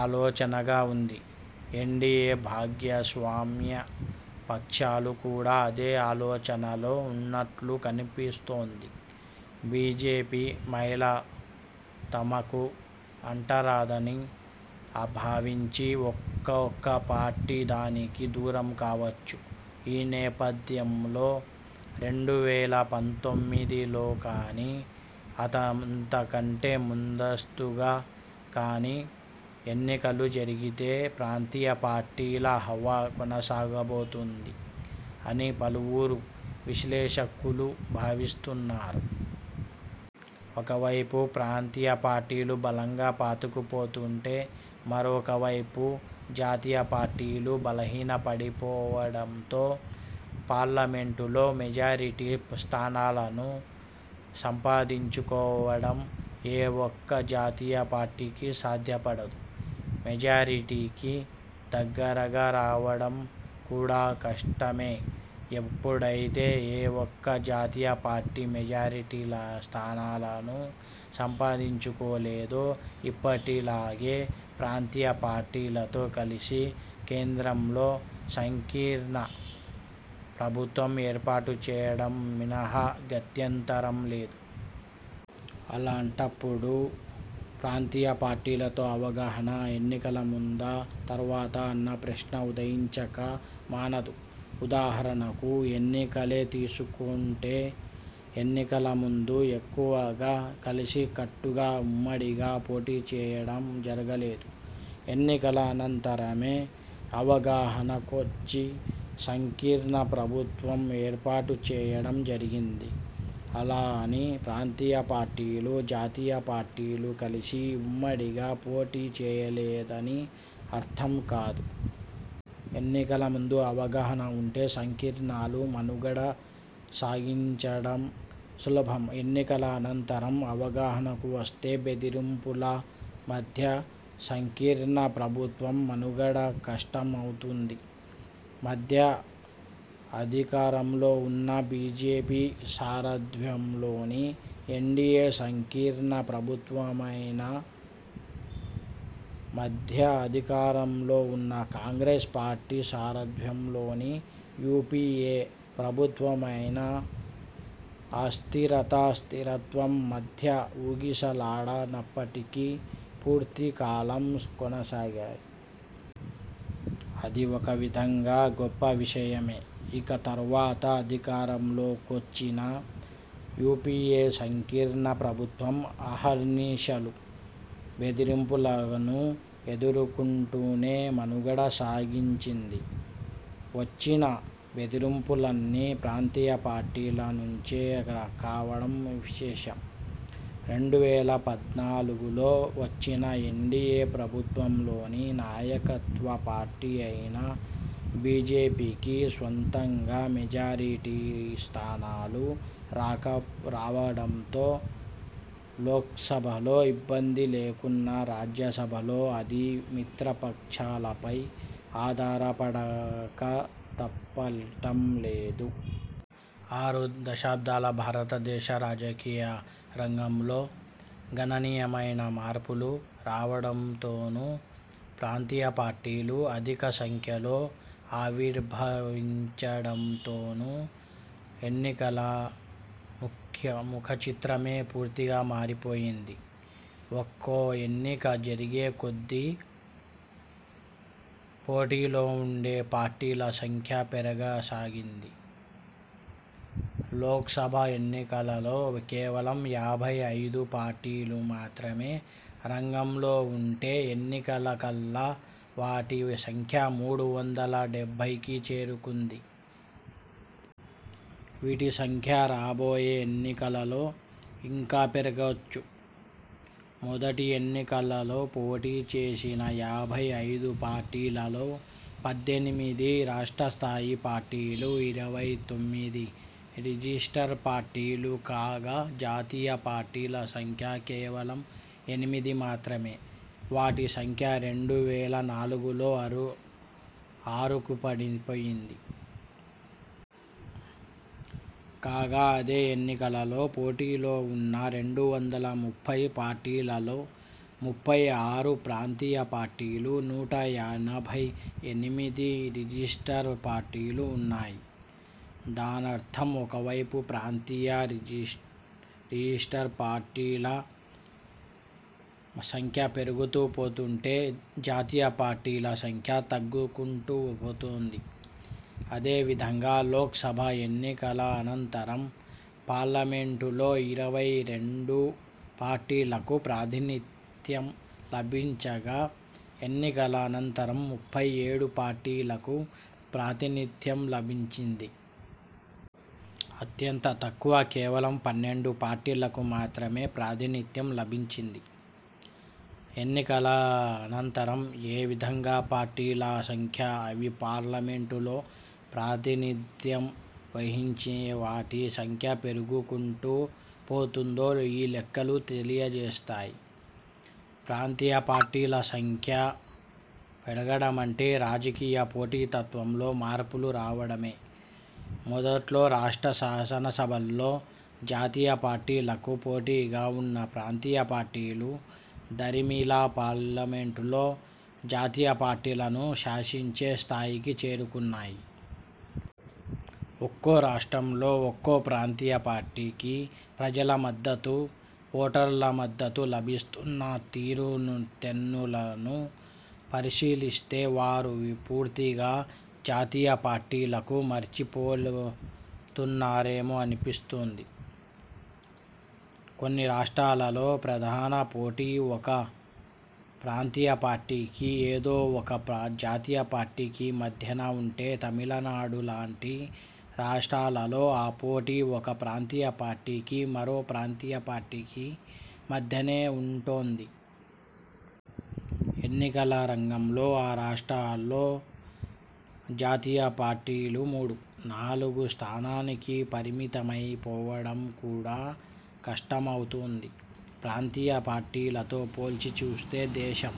ఆలోచనగా వుంది. ఎన్డీయే భాగస్వామ్య పక్షాలు కూడా అదే ఆలోచనలో వున్నట్లు కనిపిస్తోంది. బీజేపీ మైల తమకు అంటరాదని భావించి ఒక్కొక్క పార్టీ దానికి దూరం కావచ్చు. ఈ నేపథ్యంలో రెండు వేల పంతొమ్మిదిలో కాని, అంతకంటే ముందస్తుగా కాని ఎన్నికలు జరిగితే, ప్రాంతీయ పార్టీల హవా కొనసాగబోతోంది అని పలువురు విశ్లేషకులు భావిస్తున్నారు. ఒకవైపు ప్రాంతీయ పార్టీలు బలంగా పాతుకు పోతుంటే, మరొకవైపు, జాతీయ పార్టీలు బలహీన పడిపోవడంతో, పార్లమెంటులో మెజారిటీ స్థానాలను సంపాదించుకోవడం ఏ ఒక్క జాతీయ పార్టీకి సాధ్యపడదు. మెజారిటీకి దగ్గరగా రావడం కూడా కష్టమే. ఎప్పుడైతే, ఏ ఒక్క జాతీయ పార్టీ మెజారిటీ స్థానాలను సంపాదించుకోలేదో, ఇప్పటి లాగే, ప్రాంతీయ పార్టీలతో కలిసి కేంద్రంలో సంకీర్ణ ప్రభుత్వం ఏర్పాటు చేయడం మినహా గత్యంతరం లేదు. అలాంటప్పుడు ప్రాంతీయ పార్టీలతో అవగాహన ఎన్నికల ముందా? తరువాతా? అన్న ప్రశ్న ఉదయించక మానదు. ఉదాహరణకు ఎన్నికలే తీసుకుంటే, ఎన్నికల ముందు ఎక్కువగా కలిసి కట్టుగా-ఉమ్మడిగా పోటీ చేయడం జరగలేదు. ఎన్నికల అనంతరమే అవగాహన కొచ్చి సంకీర్ణ ప్రభుత్వం ఏర్పాటు చేయడం జరిగింది. అలా అని ప్రాంతీయ పార్టీలు, జాతీయ పార్టీలు కలిసి ఉమ్మడిగా పోటీ చేయలేదని అర్థం కాదు. ఎన్నికల ముందు అవగాహన వుంటే సంకీర్ణాలు మనుగడ సాగించడం సులభం. ఎన్నికల అనంతరం అవగాహనకు వస్తే, బెదిరింపుల మధ్య, సంకీర్ణ ప్రభుత్వం మనుగడ కష్టం అవుతుంది. మధ్య అధికారంలో వున్న బీజేపీ సారథ్యంలోని ఎన్డీయే సంకీర్ణ ప్రభుత్వమైనా, మధ్య అధికారంలో వున్న కాంగ్రెస్ పార్టీ సారథ్యంలోని యూపీఏ ప్రభుత్వమైనా, అస్థిరత– స్థిరత్వం మధ్య ఊగిసలాడినప్పటికీ, పూర్తికాలం కొనసాగాయి. అది ఒక విధంగా గొప్ప విషయమే. ఇక తరువాత అధికారంలో కొచ్చిన యూపీఏ సంకీర్ణ ప్రభుత్వం అహర్నిశలూ బెదిరింపులను ఎదుర్కుంటూనే మనుగడ సాగించింది. వచ్చిన బెదిరింపులన్నీ ప్రాంతీయ పార్టీల నుంచే కావడం విశేషం. రెండు వేల పద్నాలుగులో వచ్చిన ఎన్డీయే ప్రభుత్వంలోని నాయకత్వపార్టీ అయిన బీజేపీకి స్వంతంగా మెజారిటీస్థానాలు రావడంతో లోక్సభలో ఇబ్బంది లేకున్నా రాజ్యసభలో అది మిత్రపక్షాలపై ఆధారపడక తప్పటం లేదు. ఆరు దశాబ్దాల భారతదేశ రాజకీయ రంగంలో గణనీయమైన మార్పులు రావడంతోను, ప్రాంతీయ పార్టీలు అధికసంఖ్యలో ఆవిర్భవించడంతోను, ఎన్నికల ముఖచిత్రమే పూర్తిగా మారిపోయింది. ఒక్కో ఎన్నిక జరిగే కొద్దీ, పోటీలో వుండే పార్టీల సంఖ్య పెరగ సాగింది. లోక్సభ ఎన్నికలలో కేవలం యాభై ఐదు పార్టీలు మాత్రమే రంగంలో వుంటే, ఎన్నికల కల్లా వాటి సంఖ్య మూడు వందల డెబ్బైకి చేరుకుంది. వీటి సంఖ్య రాబోయే ఎన్నికలలో ఇంకా పెరగొచ్చు. మొదటి ఎన్నికలలో పోటీ చేసిన యాభై ఐదు పార్టీలలో, పద్దెనిమిది రాష్ట్రస్థాయి పార్టీలు, ఇరవై తొమ్మిది రిజిస్టర్డ్ పార్టీలు కాగా జాతీయ పార్టీల సంఖ్య కేవలం ఎనిమిది మాత్రమే! వాటి సంఖ్య రెండు వేల నాలుగులో ఆరుకు పడిపోయింది. కాగా అదే ఎన్నికలలో పోటీలో వున్న రెండు వందల ముప్పై పార్టీలలో, ముప్పై ఆరు ప్రాంతీయ పార్టీలు, నూట ఎనభై ఎనిమిది రిజిస్టర్డ్ పార్టీలు వున్నాయి. దానర్థం ఒకవైపు ప్రాంతీయ– రిజిస్టర్డ్ పార్టీల సంఖ్య పెరుగుతూ పోతుంటే, జాతీయ పార్టీల సంఖ్య తగ్గుకుంటూ పోతోంది. అదేవిధంగా లోక్సభ ఎన్నికల అనంతరం పార్లమెంటులో ఇరవై రెండు పార్టీలకు ప్రాతినిధ్యం లభించగా, ఎన్నికల అనంతరం ముప్పై ఏడు పార్టీలకు ప్రాతినిధ్యం లభించింది. అత్యంత తక్కువగా కేవలం పన్నెండు పార్టీలకు మాత్రమే ప్రాతినిధ్యం లభించింది ఎన్నికల అనంతరం. ఏ విధంగా పార్టీల సంఖ్య, అవి పార్లమెంటులో ప్రాతినిధ్యం వహించే వాటి సంఖ్య పెరుగుకుంటూ పోతుందో ఈ లెక్కలు తెలియచేస్తాయి. ప్రాంతీయపార్టీల సంఖ్య పెరగడమంటే, రాజకీయ పోటీతత్వంలో మార్పులు రావడమే. మొదట్లో, రాష్ట్ర శాసనసభల్లో జాతీయపార్టీలకు పోటీగా వున్న ప్రాంతీయ పార్టీలు దరిమిలా పార్లమెంట్లో జాతీయపార్టీలను శాసించే స్థాయికి చేరుకున్నాయి. ఒక్కోరాష్ట్రంలో, ఒక్కో ప్రాంతీయపార్టీకి ప్రజల మద్దతు– ఓటర్ల మద్దతు లభిస్తున్న తీరుతెన్నులను పరిశీలిస్తే, వారు పూర్తిగా జాతీయ పార్టీలను మరిచిపోతున్నారేమో అనిపిస్తోంది. కొన్నిరాష్ట్రాలలో ప్రధాన పోటీ ఒక ప్రాంతీయ పార్టీకి, ఏదో ఒక జాతీయ పార్టీకి మధ్యన వుంటే, తమిళనాడు లాంటి రాష్ట్రాలలో ఆ పోటీ ఒక ప్రాంతీయ పార్టీకి, మరో ప్రాంతీయ పార్టీకి మధ్యనే వుంటోంది. ఎన్నికల రంగంలో ఆ రాష్ట్రాల్లో జాతీయ పార్టీలు మూడు– నాలుగు స్థానానికి పరిమితమై పోవడం కూడా కష్టమవుతోంది. ప్రాంతీయ పార్టీలతో పోల్చిచూస్తే, దేశం